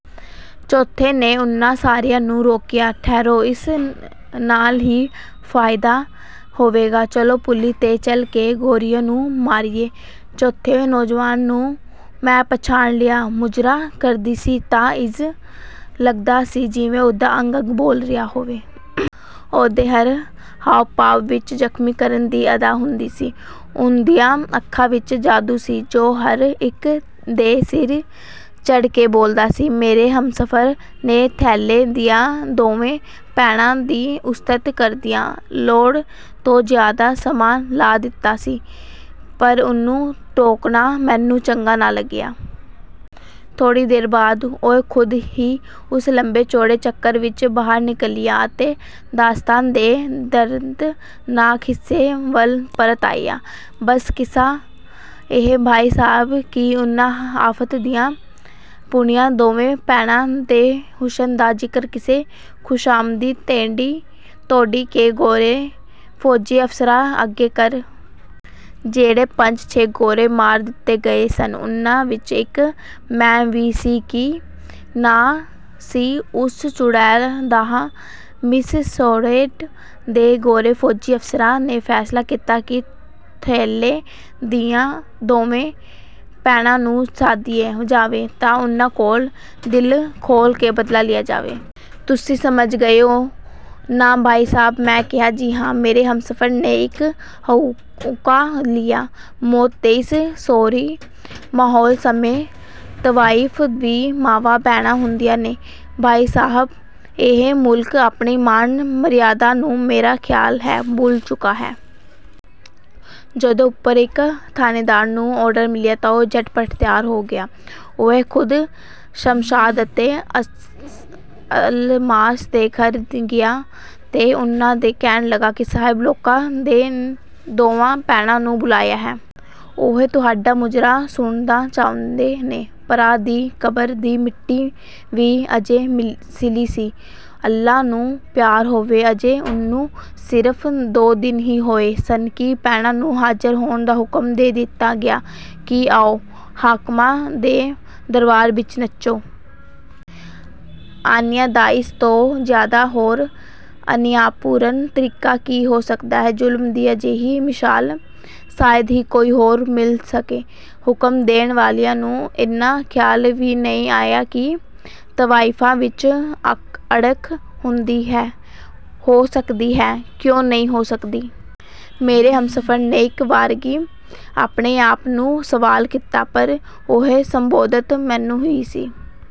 ਚੌਥੇ ਨੇ ਉਨ੍ਹਾਂ ਸਾਰਿਆਂ ਨੂੰ ਰੋਕਿਆ, "ਠਹਿਰੋ-- ਇਸ ਨਾਲ ਕੀ ਫਾਇਦਾ ਹੋਵੇਗਾ ਚਲੋ ਪੁਲੀ 'ਤੇ ਚੱਲ ਕੇ ਗੋਰਿਆਂ ਨੂੰ ਮਾਰੀਏ"। ਚੌਥੇ ਨੌਜਵਾਨ ਨੂੰ ਮੈਂ ਪਛਾਣ ਲਿਆ। ਮੁਜਰਾ ਕਰਦੀ ਸੀ ਤਾਂ ਇੰਜ ਲੱਗਦਾ ਸੀ ਜਿਵੇਂ ਉਹਦਾ ਅੰਗ-ਅੰਗ ਬੋਲ ਰਿਹਾ ਹੋਵੇ। ਉਹਦੇ ਹਰ ਹਾਵ-ਭਾਵ ਵਿੱਚ ਜ਼ਖ਼ਮੀ ਕਰਨ ਦੀ ਅਦਾ ਹੁੰਦੀ ਸੀ। ਉਹਦੀਆਂ ਅੱਖਾਂ ਵਿੱਚ ਜਾਦੂ ਸੀ, ਜੋ ਹਰ ਇੱਕ ਦੇ ਸਿਰ ਚੜ੍ਹ ਕੇ ਬੋਲਦਾ ਸੀ। "ਮੇਰੇ ਹਮਸਫ਼ਰ ਨੇ ਥੈਲੇ ਦੀਆਂ ਦੋਵੇਂ ਭੈਣਾਂ ਦੀ ਉਸਤਤ ਕਰਦਿਆਂ ਲੋੜ ਤੋਂ ਜ਼ਿਆਦਾ ਸਮਾਂ ਲਾ ਦਿੱਤਾ ਸੀ ਪਰ ਉਹਨੂੰ ਟੋਕਣਾ ਮੈਨੂੰ ਚੰਗਾ ਨਾ ਲੱਗਿਆ। ਥੋੜ੍ਹੀ ਦੇਰ ਬਾਅਦ ਉਹ ਖ਼ੁਦ ਹੀ ਉਸ ਲੰਬੇ-ਚੌੜੇ ਚੱਕਰ ਵਿੱਚੋਂ ਬਾਹਰ ਨਿਕਲਿਆ ਅਤੇ ਦਾਸਤਾਨ ਦੇ ਦਰਦਨਾਕ ਹਿੱਸੇ ਵੱਲ ਪਰਤ ਆਇਆ। "ਬਸ ਕਿੱਸਾ ਇਹ ਹੈ ਭਾਈ ਸਾਹਿਬ ਕਿ ਉਨ੍ਹਾਂ ਆਫ਼ਤ ਦੀਆਂ ਪੁੜੀਆਂ ਦੋਵੇਂ ਭੈਣਾਂ ਦੇ ਹੁਸਨ ਦਾ ਜ਼ਿਕਰ ਕਿਸੇ ਖ਼ੁਸ਼ਾਮਦੀ ਟੋਡੀ ਨੇ ਗੋਰੇ ਫ਼ੌਜੀ ਅਫ਼ਸਰਾਂ ਅੱਗੇ ਕਰ ਦਿੱਤਾ। ਜਿਹੜੇ ਪੰਜ-ਛੇ ਗੋਰੇ ਮਾਰ ਦਿੱਤੇ ਗਏ ਸਨ, ਉਨ੍ਹਾਂ ਵਿੱਚ ਇੱਕ ਮੇਮ ਵੀ ਸੀ ਕੀ ਨਾਂ ਸੀ ਉਸ ਚੁੜੇਲ ਦਾਹਾਂ ਮਿਸ ਸ਼ੈਰੋਡ ਤੇ ਗੋਰੇ ਫ਼ੌਜੀ ਅਫ਼ਸਰਾਂ ਨੇ ਫ਼ੈਸਲਾ ਕੀਤਾ ਕਿ ਥੈਲੇ ਦੀਆਂ ਦੋਵੇਂ ਭੈਣਾਂ ਨੂੰ ਸੱਦਿਆ ਜਾਵੇ ਤੇ ਉਨ੍ਹਾਂ ਕੋਲੋਂ ਦਿਲ ਖੋਲ੍ਹ ਕੇ ਬਦਲਾ ਲਿਆ ਜਾਵੇ। ਤੁਸੀਂ ਸਮਝ ਗਏ ਓ ਨਾ ਭਾਈ ਸਾਹਿਬ?" ਮੈਂ ਕਿਹਾ, "ਜੀ ਹਾਂ।" ਮੇਰੇ ਹਮਸਫ਼ਰ ਨੇ ਇੱਕ ਹਉਕਾ ਲਿਆ, "ਮੌਤ ਦੇ ਇਸ ਸੋਗੀ ਮਾਹੌਲ ਸਮੇਂ ਤਵਾਇਫ਼ਾਂ ਵੀ ਮਾਵਾਂ, ਭੈਣਾਂ ਹੁੰਦੀਆਂ ਨੇ। ਭਾਈ ਸਾਹਿਬ, ਇਹ ਮੁਲਕ ਆਪਣੀ ਮਾਣ-ਮਰਿਆਦਾ ਨੂੰ ਮੇਰਾ ਖ਼ਿਆਲ ਹੈ ਭੁੱਲ ਚੁੱਕਾ ਹੈ। ਜਦੋਂ ਉਪਰੋਂ ਇਲਾਕੇ ਦੇ ਥਾਣੇਦਾਰ ਨੂੰ ਆਰਡਰ ਮਿਲਿਆ ਤਾਂ ਉਹ ਝੱਟ-ਪੱਟ ਤਿਆਰ ਹੋ ਗਿਆ। ਉਹ ਖ਼ੁਦ ਸ਼ਮਸ਼ਾਦ ਅਤੇ ਅਲਮਾਸ ਦੇ ਘਰ ਗਿਆ ਤੇ ਉਨ੍ਹਾਂ ਨੂੰ ਕਹਿਣ ਲੱਗਾ ਕਿ ਸਾਹਿਬ ਲੋਕਾਂ ਨੇ ਦੋਵਾਂ ਭੈਣਾਂ ਨੂੰ ਬੁਲਾਇਆ ਹੈ। ਉਹ ਤੁਹਾਡਾ ਮੁਜਰਾ ਸੁਣਨਾ ਚਾਹੁੰਦੇ ਨੇ। ਭਰਾ ਦੀ ਕਬਰ ਦੀ ਮਿੱਟੀ ਵੀ ਅਜੇ ਸਿੱਲ੍ਹੀ ਸੀ। ਅੱਲ੍ਹਾ ਨੂੰ ਪਿਆਰਾ ਹੋਏ ਅਜੇ ਉਹਨੂੰ ਸਿਰਫ਼ ਦੋ ਦਿਨ ਹੀ ਹੋਏ ਸਨ ਕਿ ਭੈਣਾਂ ਨੂੰ ਹਾਜ਼ਰ ਹੋਣ ਦਾ ਹੁਕਮ ਦੇ ਦਿੱਤਾ ਗਿਆ ਕਿ ਆਓ, ਹਾਕਮਾਂ ਦੇ ਦਰਬਾਰ ਵਿੱਚ ਨੱਚੋ। ਅਨਿਆਂ ਦਾ ਇਸ ਤੋਂ ਜ਼ਿਆਦਾ ਹੋਰ ਅਨਿਆਂਪੂਰਨ ਤਰੀਕਾ ਕੀ ਹੋ ਸਕਦਾ ਹੈ। ਜ਼ੁਲਮ ਦੀ ਅਜਿਹੀ ਮਿਸਾਲ ਸ਼ਾਇਦ ਹੀ ਕੋਈ ਹੋਰ ਮਿਲ ਸਕੇ। ਹੁਕਮ ਦੇਣ ਵਾਲਿਆਂ ਨੂੰ ਏਨਾ ਖਿਆਲ ਵੀ ਨਹੀਂ ਆਇਆ ਕਿ ਤਵਾਇਫ਼ਾਂ ਵਿੱਚ ਵੀ ਅਣਖ ਹੁੰਦੀ ਹੈ, ਹੋ ਸਕਦੀ ਹੈ, ਕਿਉਂ ਨਹੀਂ ਹੋ ਸਕਦੀ?" ਮੇਰੇ ਹਮਸਫ਼ਰ ਨੇ ਇੱਕ ਵਾਰਗੀ ਆਪਣੇ ਆਪ ਨੂੰ ਸਵਾਲ ਕੀਤਾ ਪਰ ਉਹ ਸੰਬੋਧਤ ਮੈਨੂੰ ਹੀ ਸੀ।